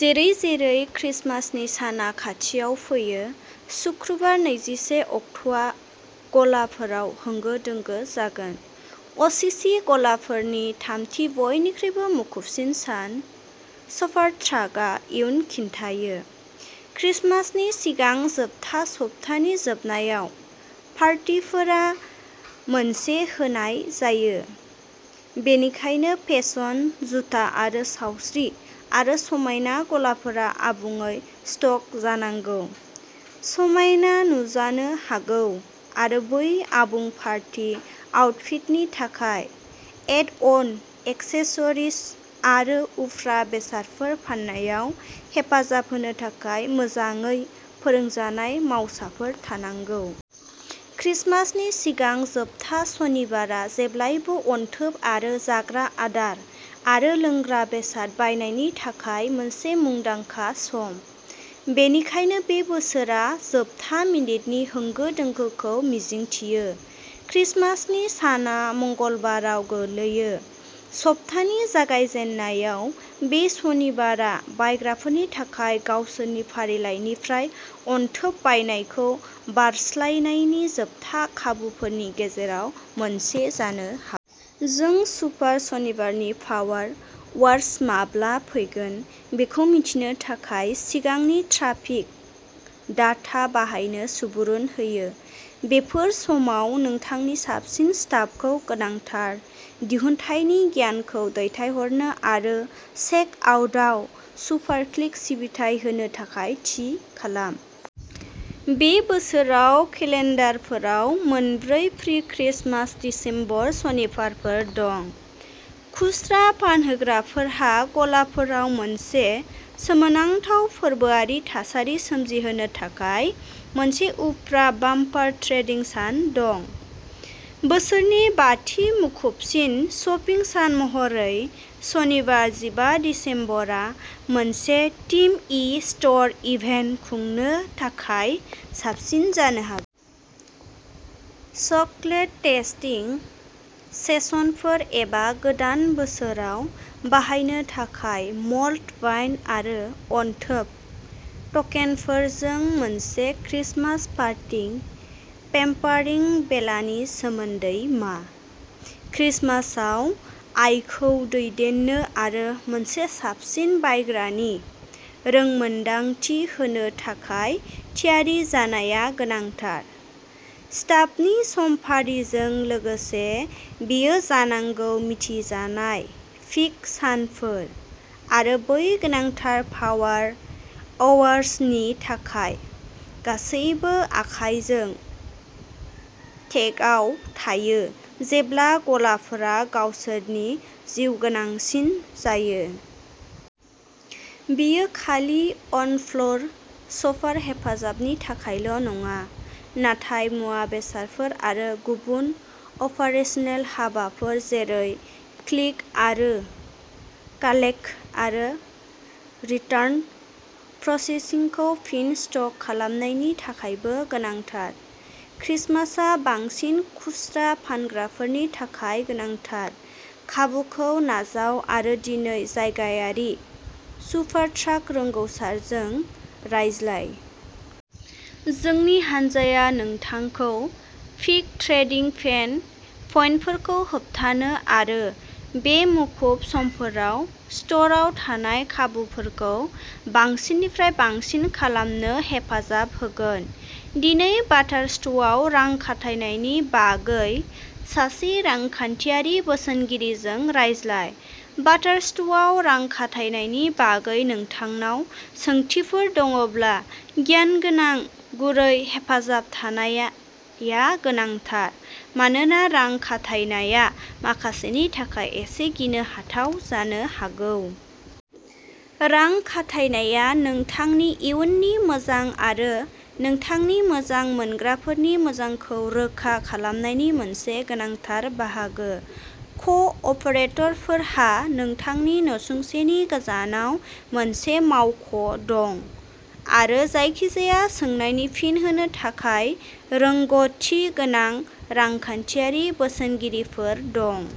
जेरै-जेरै क्रिसमासनि साना खाथियाव फैयो, सुक्रुबार नैजिसे अक्ट'आ गलाफोराव होंगो-दोंगो जागोन, असिसि गलाफोरनि थामथि बयनिख्रुइबो मुखुबसिन सान शपारट्राकआ इयुन खिन्थायो। क्रिसमासनि सिगां जोबथा सप्तानि जोबनायाव पार्टीफोरा मोनसे होनाय जायो, बेनिखायनो फेसन, जुथा आरो सावस्रि आरो समायना गलाफोरा आबुङै स्टक जानांगौ, समायना नुजानो हागौ, आरो बै आबुं पार्टी आउटफिटनि थाखाय एड-अन एक्सेसरिज आरो उफ्रा बेसादफोर फाननायाव हेफाजाब होनो थाखाय मोजाङै फोरोंजानाय मावसाफोर थानांगौ। क्रिसमासनि सिगां जोबथा सनिबारआ जेब्लाबो अनथोब आरो जाग्रा आदार आरो लोंग्रा बेसाद बायनायनि थाखाय मोनसे मुंदांखा सम, बेनिखायनो बे बोसोराव जोबथा मिनिटनि होंगो-दोंगोखौ मिजिंथियो। क्रिसमासनि साना मंगलबाराव गोग्लैयो, सप्तानि जागायजेन्नायाव बे सनिबारआ बायग्राफोरनि थाखाय गावसोरनि फारिलाइनिफ्राय अनथोब बायनायखौ बारस्लायनायनि जोबथा खाबुफोरनि गेजेराव मोनसे जानो हा जों सुपार सनिबारनि पावार अवार्स माब्ला फैगोन बेखौ मिथिनो थाखाय सिगांनि ट्राफिक डाटा बाहायनो सुबुरुन होयो। बेफोर समाव नोंथांनि साबसिन स्टाफखौ गोनांथार दिहुनथायनि गियानखौ दैथायहरनो आरो चेक-आउटआव सुपार-स्लिक सिबिथाइ होनो थाखाय थि खालाम। बे बोसोराव, केलेन्डाराव मोनब्रै प्रि-क्रिसमास दिसेम्बर सनिबारफोर दं, खुस्रा फानग्राफोरहा गलाफोराव मोनसे सोमोनांथाव फोरबोआरि थासारि सोमजिहोनो थाखाय मोनसे उफ्रा बाम्पार ट्रेडिं सान दं। बोथोरनि बाथि मुखुबसिन शपिं सान महरै, सनिबार जिबा दिसेम्बरआ मोनसे थिमेड इन-स्ट'र इभेन्ट खुंनो थाखाय साबसिन जानो हागौ। चकलेट-टेस्टिं सेसनफोर एबा गोदान बोसोराव बाहायनो थाखाय मल्ड वाइन आरो अनथोब टकेनफोरजों मोनसे क्रिसमास पार्टी पेम्पारिं बेलानि सोमोन्दै मा? क्रिसमासआव, आयखौ दैदेननो आरो मोनसे साबसिन बायग्रानि रोंमोनदांथि होनो थाखाय थियारि जानाया गोनांथार। स्टाफनि समफारिजों लोगोसे बेयो जानांगौ मिथिजानाय पीक सानफोर आरो बै गोनांथार पावार आवार्स नि थाखाय गासैबो आखायजों डेकआव थायो जेब्ला गलाफोरा गावसोरनि जिउगोनांसिन जायो। बेयो खालि अन-फ्ल'र शपार हेफाजाबनि थाखायल' नङा, नाथाय मुवा बेसादफोर आरो गुबुन अपारेसनेल हाबाफोर जेरै क्लिक आरो कालेक्ट आरो रिटार्न प्रसेसिंखौ फिन स्टक खालामनायनि थाखायबो गोनांथार। क्रिसमासआ बांसिन खुस्रा फानग्राफोरनि थाखाय गोनांथार। खाबुखौ नाजाव आरो दिनै जायगायारि शपारट्राक रोंग'सारजों रायज्लाय। जोंनि हानजाया नोंथांखौ पीक ट्रेडिं पेन पइन्टफोरखौ होबथानो आरो बे मुखुब समफोराव स्ट'रआव थानाय खाबुफोरखौ बांसिननिफ्राय बांसिन खालामनो हेफाजाब होगोन। दिनै बाथार्स्टआव रां खाथायनायनि बागै सासे रांखान्थियारि बोसोनगिरिजों रायज्लाय! बाथार्स्टआव रां खाथायनायनि बागै नोंथांनाव सोंथिफोर दंब्ला गियानगोनां, गुरै हेफाजाब थानाया गोनांथार, मानोना रां खाथायनाया माखासेनि थाखाय एसे गिनो हाथाव जानो हागौ। रां खाथायनाया नोंथांनि इयुननि मोजां आरो नोंथांनि मोजां मोनग्राफोरनि मोजांखौ रोखा खालामनायनि मोनसे गोनांथार बाहागो। क'- अपारेटरफोरहा नोंथांनि नसुंसेनि गोजानाव मोनसे मावख' दं, आरो जायखिजाया सोंनायनि फिन होनो थाखाय रोंग'थि गोनां रांखान्थियारि बोसोनगिरिफोर दं।